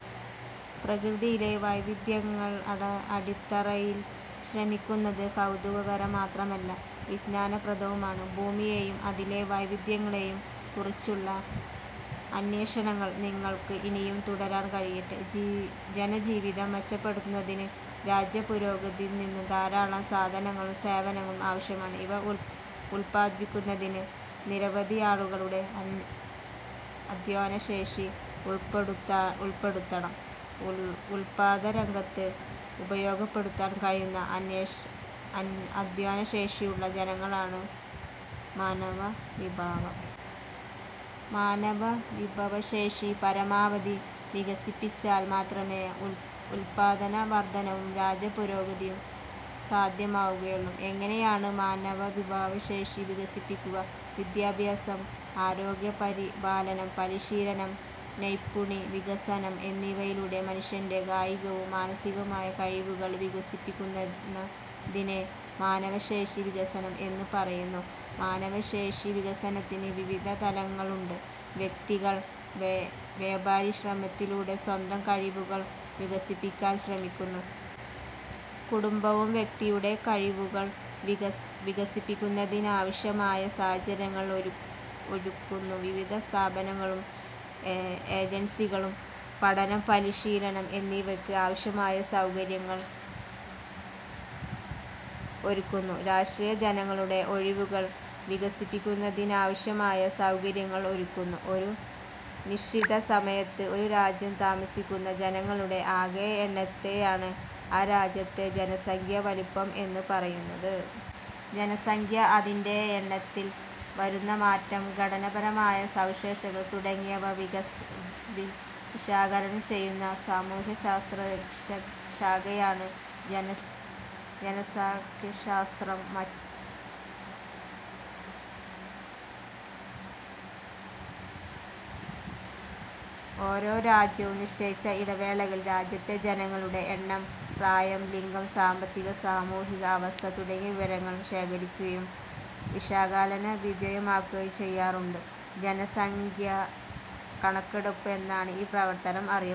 പ്രകൃതിയിലെ വൈവിധ്യങ്ങളെ അടുത്തറിയാൻ ശ്രമിക്കുന്നത് കൗതുകകരം മാത്രമല്ല, വിജ്ഞാനപ്രദവുമാണ്. ഭൂമിയെയും അതിലെ വൈവിധ്യങ്ങളെയും കുറിച്ചുള്ള അന്വേഷണങ്ങൾ നിങ്ങൾക്ക് ഇനിയും തുടരാൻ കഴിയട്ടെ. ജനജീവിതം മെച്ചപ്പെടുത്തുന്നതിനും രാജ്യപുരോഗതിന്നതിനും ധാരാളം സാധനങ്ങളും സേവനങ്ങളും ആവശ്യമാണ്. ഇവ ഉൽപാദിപ്പിക്കുന്നതിന് നിരവധിയാളുകളുടെ അധ്വാനശേഷി ഉപയോഗപ്പെടുത്തണം. ഉൽപ്പാദനരംഗത്ത് ഉപയോഗപ്പെടുത്താൻ കഴിയുന്ന അധ്വാനശേഷിയുള്ള ജനങ്ങളാണ് മാനവവിഭവം. മാനവവിഭവശേഷി പരമാവധി വികസിപ്പിച്ചാൽ മാത്രമേ ഉൽപ്പാദന വർധനവും രാജ്യപുരോഗതിയും സാധ്യമാവുകയുള്ളൂ. എങ്ങനെയാണ് മാനവവിഭവശേഷി വികസിപ്പിക്കുക? വിദ്യാഭ്യാസം, ആരോഗ്യപരി പാലനം, പരിശീലനം, നൈപുണി വികസനം എന്നിവയിലൂടെ മനുഷ്യന്റെ കായികവും മാനസികവുമായ കഴിവുകൾ വികസിപ്പിക്കുന്ന തിനെ മാനവവിഭവശേഷി വികസനം എന്നു പറയുന്നു. മാനവവിഭവശേഷിവികസനത്തിന് വിവിധ തലങ്ങളുണ്ട്. വ്യക്തികൾ സ്വപരിശ്രമത്തിലൂടെ സ്വന്തം കഴിവുകൾ വികസിപ്പിക്കാൻ ശ്രമിക്കുന്നു. കുടുംബം വ്യക്തിയുടെ കഴിവുകൾ വികസിപ്പിക്കുന്നതിനാവശ്യമായ സാഹചര്യങ്ങൾ ഒരുക്കുന്നു. വിവിധ സ്ഥാപനങ്ങളും ഏജൻസികളും പഠനം, പരിശീലനം എന്നിവയ്ക്ക് ആവശ്യമായ സൗകര്യങ്ങൾ ഒരുക്കുന്നു. രാഷ്ട്രം ജനങ്ങളുടെ കഴിവുകൾ വികസിപ്പിക്കുന്നതിനാവശ്യമായ സൗകര്യങ്ങൾ ഒരുക്കുന്നു. ഒരു നിശ്ചിത സമയത്ത് ഒരു രാജ്യത്തു താമസിക്കുന്ന ജനങ്ങളുടെ ആകെ എണ്ണത്തെയാണ് ആ രാജ്യത്തെ ജനസംഖ്യാ വലുപ്പം എന്നു പറയുന്നത്. ജനസംഖ്യ, അതിന്റെ എണ്ണത്തിൽ വരുന്ന മാറ്റം, ഘടനാപരമായ സവിശേഷതകൾ തുടങ്ങിയവ വിശകലനം ചെയ്യുന്ന സാമൂഹ്യശാസ്ത്രശാഖയാണ് ജനസംഖ്യാശാസ്ത്രം. ഓരോ രാജ്യവും നിശ്ചിത ഇടവേളകളിൽ രാജ്യത്തെ ജനങ്ങളുടെ എണ്ണം, പ്രായം, ലിംഗം, സാമ്പത്തിക-സാമൂഹിക അവസ്ഥ തുടങ്ങിയ വിവരങ്ങൾ ശേഖരിക്കുകയും വിശകലനവിധേയമാക്കുകയും ചെയ്യാറുണ്ട്. ജനസംഖ്യാകണക്കെടുപ്പ് എന്നാണ് ഈ പ്രവർത്തനം അറിയപ്പെടുന്നത്.